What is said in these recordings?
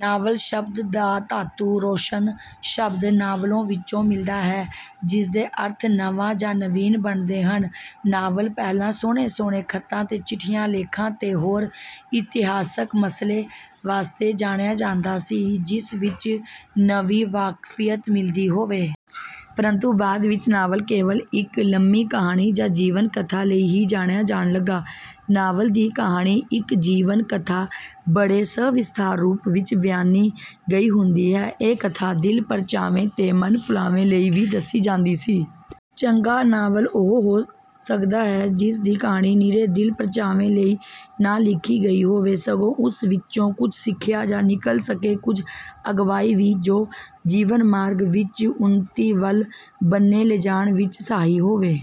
Novel ' ਸ਼ਬਦ ਦਾ ਧਾਤੂ ਰੋਸ਼ਨ ਸ਼ਬਦ ' ਨਾਵਲੋਂ ' ਵਿੱਚ ਮਿਲਦਾ ਹੈ ਜਿਸਦੇ ਅਰਥ ਨਵਾਂ ਜਾਂ ਨਵੀਨ ਬਣਦੇ ਹਨ ਨਾਵਲ ਪਹਿਲਾਂ ਸੋਹਣੇ ਸੋਹਣੇ ਖਤਾਂ ਤੇ ਚਿੱਠੀਆਂ ਲੇਖਾਂ ਤੇ ਹੋਰ ਇਤਿਹਾਸਿਕ ਮਸਲੇ ਵਾਸਤੇ ਜਾਣਿਆ ਜਾਂਦਾ ਸੀ ਜਿਸ ਵਿੱਚ ਨਵੀਂ ਵਾਕਫੀਅਤ ਮਿਲਦੀ ਹੋਵੇ। ਪਰੰਤੂ ਬਾਅਦ ਵਿੱਚ ਨਾਵਲ ਕੇਵਲ ਇੱਕ ਲੰਮੀ ਕਹਾਣੀ ਜਾਂ ਜੀਵਨ ਕਥਾ ਲਈ ਹੀ ਜਾਣਿਆ ਜਾਣ ਲੱਗਾ। ਨਾਵਲ ਦੀ ਕਹਾਣੀ ਇੱਕ ਜੀਵਨ ਕਥਾ ਬੜੇ ਸਵਿਸਥਾਰ ਰੂਪ ਵਿੱਚ ਬਿਆਨੀ ਗਈ ਹੁੰਦੀ ਹੈ। ਇਹ ਕਥਾ ਦਿਲ ਪਰਚਾਵੇ ਤੇ ਮਨ ਤੁਲਾਵੇ ਲਈ ਵੀ ਦੱਸੀ ਜਾਂਦੀ ਸੀ। ਚੰਗਾ ਨਾਵਲ ਉਹੋ ਹੋ ਸਕਦਾ ਹੈ ਜਿਸ ਦੀ ਕਹਾਣੀ ਨਿਰੇ ਦਿਲ ਪਰਚਾਵੇ ਲਈ ਨਾ ਲਿਖੀ ਗਈ ਹੋਵੇ, ਸਗੋਂ ਉਸ ਵਿੱਚੋਂ ਕੁਝ ਸਿੱਖਿਆ ਵੀ ਨਿਕਲ ਸਕੇ ਕੁਝ ਅਗਵਾਈ ਵੀ, ਜ਼ੋ ਜੀਵਨ ਮਾਰਗ ਵਿੱਚ ਉੱਨਤੀ ਵੱਲ ਬੰਨੇ ਲਿਜਾਣ ਵਿੱਚ ਸਹਾਈ ਹੋਵੇ।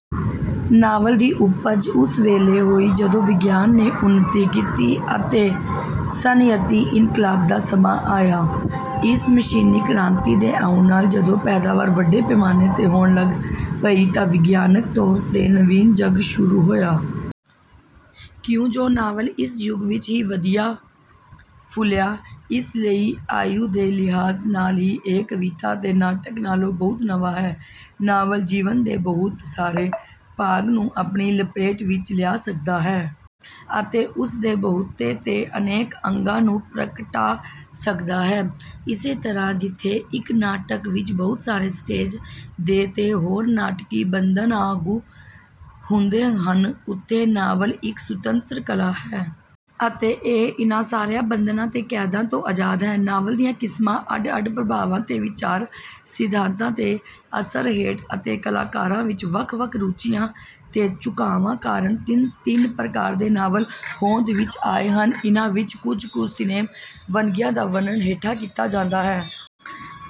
ਨਾਵਲ ਦੀ ਉਪਜ ਉਸ ਵੇਲੇ ਹੋਈ ਜਦੋਂ ਵਿਗਿਆਨ ਨੇ ਉੱਨਤੀ ਕੀਤੀ ਅਤੇ ਸਨਅਤੀ-ਇਨਕਲਾਬ ਦਾ ਸਮਾਂ ਆਇਆ। ਇਸ ਮਸ਼ੀਨੀ ਕ੍ਰਾਂਤੀ ਦੇ ਆਉਣ ਨਾਲ ਜਦੋਂ ਪੈਦਾਵਾਰ ਵੱਡੇ ਪੈਮਾਨੇ ਤੇ ਹੋਣ ਲੱਗ ਪਈ ਤਾਂ ਵਿਗਿਆਨਕ ਤੌਰ ਤੇ ਨਵੀਨ ਜਗ ਸ਼ੁਰੂ ਹੋਇਆ। ਕਿਉਂਜੋ ਨਾਵਲ ਇਸ ਜੁਗ ਵਿੱਚ ਹੀ ਵਧੀਆ ਫੁਲਿਆ ਇਸ ਲਈ ਆਯੂ ਦੇ ਲਿਹਾਜ ਨਾਲ ਵੀ ਇਹ ਕਵਿਤਾ ਤੇ ਨਾਟਕ ਨਾਲੋਂ ਬਹੁਤ ਨਵਾਂ ਹੈ। ਨਾਵਲ ਜੀਵਨ ਦੇ ਬਹੁਤ ਸਾਰੇ ਭਾਗ ਨੂੰ ਆਪਣੀ ਲਪੇਟ ਵਿੱਚ ਲਿਆ ਸਕਦਾ ਹੈ। ਅਤੇ ਉਸ ਦੇ ਬਹੁਤੇ ਤੇ ਅਨੇਕ ਅੰਗਾਂ ਨੂੰ ਪ੍ਰਗਟਾ ਸਕਦਾ ਹੈ। ਇਸੇ ਤਰਾਂ ਜਿਥੇ ਇੱਕ ਨਾਟਕ ਵਿੱਚ ਬਹੁਤ ਸਾਰੇ ਸਟੇਜ਼ ਦੇ ਤੇ ਹੋਰ ਨਾਟਕੀ ਬੰਧਨ ਆ ਲਾਗੂ ਹੁੰਦੇ ਹਨ ਉਥੇ ਨਾਵਲ ਇੱਕ ਸੁਤੰਤਰ ਕਲਾ ਹੈ। ਅਤੇ ਇਹ ਇਹਨਾਂ ਸਾਰਿਆਂ ਬੰਧਨਾਂ ਤੇ ਕੈਦਾਂ ਤੋਂ ਆਜਾਦ ਹੈ। ਨਾਵਲ ਦੀਆਂ ਕਿਸਮਾਂ ਅੱਡ ਅੱਡ ਪ੍ਰਭਾਵਾਂ ਤੇ ਵਿਚਾਰ ਸਿਧਾਤਾਂ ਦੇ ਅਸਰ ਹੇਠ, ਅਤੇ ਕਲਾਕਾਰਾਂ ਵਿੱਚ ਵੱਖ-ਵੱਖ ਰੁਚੀਆਂ ਤੇ ਝੁਕਾਵਾਂ ਕਾਰਨ ਤਿੰਨ-ਤਿੰਨ ਪ੍ਰਕਾਰ ਦੇ ਨਾਵਲ ਹੋਂਦ ਵਿੱਚ ਆਏ ਹਨ ਇਹਨਾਂ ਵਿੱਚ ਕੁਝ ਕੁ ਸਿਨੇਮ ਵੰਨਗੀਆਂ ਦਾ ਵਰਣਨ ਹੇਠਾਂ ਕੀਤਾ ਜਾਂਦਾ ਹੈ।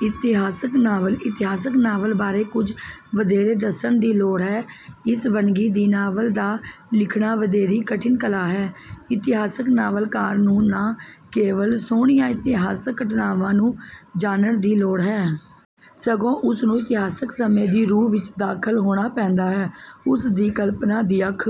ਇਤਿਹਾਸਿਕ ਨਾਵਲ:- ਇਤਿਹਾਸਿਕ ਨਾਵਲ ਬਾਰੇ ਕੁਝ ਵਧੇਰੇ ਦੱਸਣ ਦੀ ਲੋੜ ਹੈ। ਇਸ ਵੰਨਗੀ ਦੀ ਨਾਵਲ ਦਾ ਲਿਖਣਾ ਵਧੇਰੀ ਕਠਿਨ ਕਲਾ ਹੈ। ਇਤਿਹਾਸਿਕ ਨਾਵਲਕਾਰ ਨੂੰ ਨਾ ਕੇਵਲ ਸੋਣੀਆਂ ਇਤਿਹਾਸਿਕ ਘਟਨਾਵਾ ਨੂੰ ਜਾਨਣ ਦੀ ਲੋੜ ਹੈ। ਸਗੋਂ ਉਸ ਨੂੰ ਇਤਿਹਾਸਿਕ ਸਮੇਂ ਦੀ ਰੂਹ ਵਿੱਚ ਦਾਖਲ ਹੋਣਾ ਪੈਂਦਾ ਹੈ। ਉਸ ਦੀ ਕਲਪਨਾ ਦੀ ਅੱਖ...